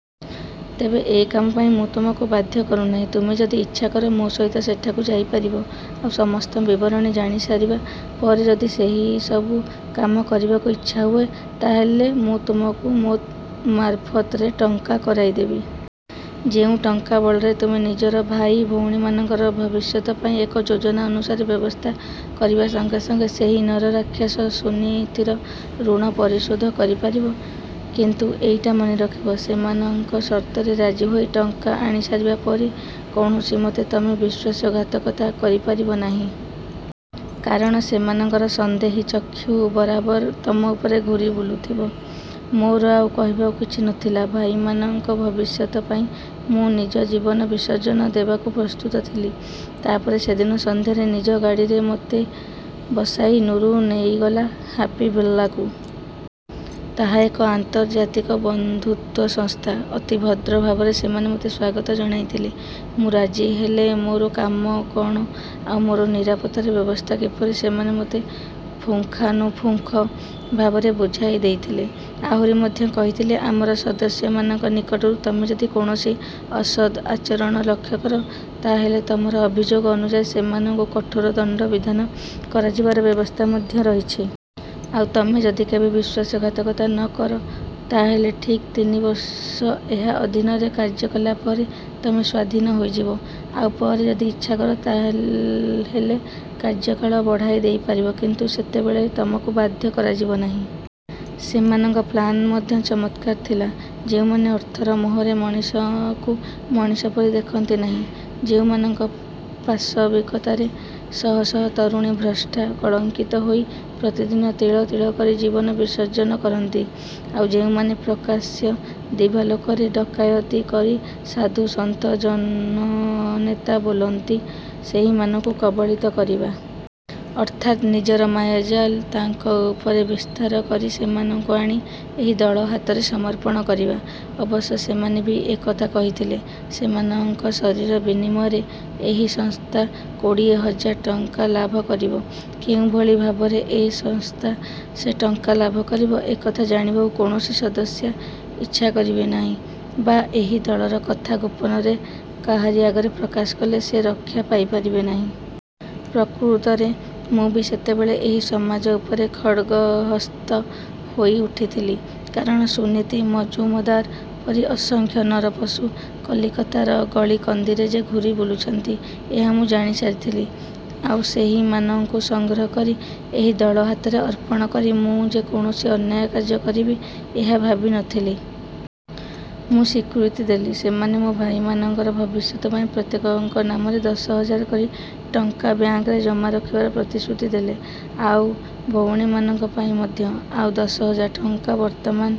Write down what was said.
ତେବେ ଏ କାମ ପାଇଁ ମୁଁ ତୁମକୁ ବାଧ୍ୟ କରୁନାହିଁ। ତୁମେ ଯଦି ଇଚ୍ଛା କର, ମୋ ସହିତ ସେଠାକୁ ଯାଇପାରିବ। ଆଉ ସମସ୍ତ ବିବରଣୀ ଜାଣିସାରିବା ପରେ ଯଦି ସେହିସବୁ କାମ କରିବାକୁ ଇଚ୍ଛା ହୁଏ, ତା ହେଲେ ମୁଁ ତୁମକୁ ମୋ ମାରଫତରେ ଟଙ୍କା କରାଇ ଦେବି। ଯେଉଁ ଟଙ୍କା ବଳରେ ତୁମେ ନିଜର ଭାଇ, ଭଉଣୀମାନଙ୍କର ଭବିଷ୍ୟତ ପାଇଁ ଏକ ଯୋଜନା ଅନୁସାରେ ବ୍ୟବସ୍ଥା କରିବା ସଙ୍ଗେ ସଙ୍ଗେ ସେହି ନରରାକ୍ଷସ ସୁନୀତିର ଋଣ ପରିଶୋଧ କରିପାରିବ। କିନ୍ତୁ ଏଇଟା ମନେ ରଖିବ ସେମାନଙ୍କ ସର୍ତ୍ତରେ ରାଜି ହୋଇ ଟଙ୍କା ଆଣିସାରିବା ପରେ କୌଣସିମତେ ତମେ ବିଶ୍ୱାସଘାତକତା କରିପାରିବ ନାହିଁ। କାରଣ, ସେମାନଙ୍କର ସନ୍ଦେହୀ ଚକ୍ଷୁ ବରାବର ତମ ଉପରେ ଘୂରି ବୁଲୁଥିବ। ମୋର ଆଉ କହିବାକୁ କିଛି ନଥିଲା। ଭାଇମାନଙ୍କ ଭବିଷ୍ୟତ ପାଇଁ ମୁଁ ନିଜ ଜୀବନ ବିସର୍ଜନ ଦେବାକୁ ପ୍ରସ୍ତୁତ ଥିଲି। ତା ପରେ ସେଦିନ ସନ୍ଧ୍ୟାରେ ନିଜ ଗାଡ଼ିରେ ମୋତେ ବସାଇ ନୁରୁ ନେଇଗଲା 'ହାପି ଭିଲ୍ଲା'କୁ। ତାହା ଏକ ଆନ୍ତର୍ଜାତିକ ବନ୍ଧୁତ୍ୱ ସଂସ୍ଥା। ଅତି ଭଦ୍ର ଭାବରେ ସେମାନେ ମୋତେ ସ୍ୱାଗତ ଜଣାଇଥିଲେ। ମୁଁ ରାଜି ହେଲେ ମୋର କାମ କଣ, ଆଉ ମୋର ନିରାପତ୍ତାର ବ୍ୟବସ୍ଥା କିପରି, ସେମାନେ ମୋତେ ପୁଙ୍ଖାନୁପୁଙ୍ଖ ଭାବରେ ବୁଝାଇ ଦେଇଥିଲେ। ଆହୁରି ମଧ୍ୟ କହିଥିଲେ, ଆମର ସଦସ୍ୟମାନଙ୍କ ନିକଟରୁ ତମେ ଯଦି କୌଣସି ଅସଦ୍ ଆଚରଣ ଲକ୍ଷ୍ୟ କର, ତା ହେଲେ ତମର ଅଭିଯୋଗ ଅନୁଯାୟୀ ସେମାନଙ୍କୁ କଠୋର ଦଣ୍ଡବିଧାନ କରାଯିବାର ବ୍ୟବସ୍ଥା ମଧ୍ୟ ରହିଛି। ଆଉ ତମେ ଯଦି କେବେ ବିଶ୍ୱାସଘାତକତା ନ କର, ତା ହେଲେ ଠିକ୍ ତିନି ବର୍ଷ ଏହା ଅଧୀନରେ କାର୍ଯ୍ୟ କଲାପରେ ତମେ ସ୍ୱାଧୀନ ହୋଇଯିବ। ଆଉ ପରେ ଯଦି ଇଚ୍ଛା କର, ତା ହେଲେ କାର୍ଯ୍ୟକାଳ ବଢ଼ାଇ ଦେଇପାରିବ କିନ୍ତୁ ସେତେବେଳେ ତମକୁ ବାଧ୍ୟ କରାଯିବ ନାହିଁ। ସେମାନଙ୍କ ପ୍ଲାନ୍ ମଧ୍ୟ ଚମତ୍କାର ଥିଲା। ଯେଉଁମାନେ ଅର୍ଥର ମୋହରେ ମଣିଷକୁ ମଣିଷ ପରି ଦେଖନ୍ତି ନାହିଁ, ଯେଉଁମାନଙ୍କ ପାଶବିକତାରେ ଶହ ଶହ ତରୁଣୀ ଭ୍ରଷ୍ଟା, କଳଙ୍କିତା ହୋଇ ପ୍ରତିଦିନ ତିଳ ତିଳ କରି ଜୀବନ ବିସର୍ଜନ କରନ୍ତି, ଆଉ ଯେଉଁମାନେ ପ୍ରକାଶ୍ୟ ଦିବାଲୋକରେ ଡକାୟତି କରି ସାଧୁ, ସନ୍ଥ, ଜନନେତା ବୋଲାନ୍ତି, ସେହିମାନଙ୍କୁ କବଳିତ କରିବା। ଅର୍ଥାତ୍ ନିଜର ମାୟାଜାଲ ତାଙ୍କ ଉପରେ ବିସ୍ତାର କରି ସେମାନଙ୍କୁ ଆଣି ଏହି ଦଳ ହାତରେ ସମର୍ପଣ କରିବା। ଅବଶ୍ୟ ସେମାନେ ବି ଏ କଥା କହିଥିଲେ, ସେମାନଙ୍କ ଶରୀର ବିନିମୟରେ ଏହି ସଂସ୍ଥା କୋଡ଼ିଏ ହଜାର ଟଙ୍କା ଲାଭ କରିବ। କେଉଁଭଳି ଭାବରେ ଏ ସଂସ୍ଥା ସେ ଟଙ୍କା ଲାଭ କରିବ, ଏ କଥା ଜାଣିବାକୁ କୌଣସି ସଦସ୍ୟା ଇଚ୍ଛା କରିବେ ନାହିଁ ବା ଏହି ଦଳର କଥା ଗୋପନରେ କାହାରି ଆଗରେ ପ୍ରକାଶ କଲେ ସେ ରକ୍ଷା ପାଇପାରିବେ ନାହିଁ। ପ୍ରକୃତରେ ମୁଁ ବି ସେତେବେଳେ ଏହି ସମାଜ ଉପରେ ଖଡ୍‌ଗହସ୍ତ ହୋଇଉଠିଥିଲି। କାରଣ, ସୁନୀତି ମଜୁମଦାର ପରି ଅସଂଖ୍ୟ ନରପଶୁ କଲିକତାର ଗଳିକନ୍ଦିରେ ଯେ ଘୂରି ବୁଲୁଛନ୍ତି, ଏହା ମୁଁ ଜାଣିସାରିଥିଲି। ଆଉ ସେହିମାନଙ୍କୁ ସଂଗ୍ରହ କରି ଏହି ଦଳ ହାତରେ ଅର୍ପଣ କରି ମୁଁ ଯେ କୌଣସି ଅନ୍ୟାୟ କାର୍ଯ୍ୟ କରିବି, ଏହା ଭାବିନଥିଲି। ମୁଁ ସ୍ୱୀକୃତି ଦେଲି। ସେମାନେ ମୋ ଭାଇମାନଙ୍କର ଭବିଷ୍ୟତ ପାଇଁ ପ୍ରତ୍ୟେକଙ୍କ ନାମରେ ଦଶ ହଜାର କରି ଟଙ୍କା ବ୍ୟାଙ୍କରେ ଜମା ରଖିବାର ପ୍ରତିଶ୍ରୁତି ଦେଲେ। ଆଉ ଭଉଣୀମାନଙ୍କ ପାଇଁ ମଧ୍ୟ। ଆଉ ଦଶ ହଜାର ଟଙ୍କା ବର୍ତ୍ତମାନ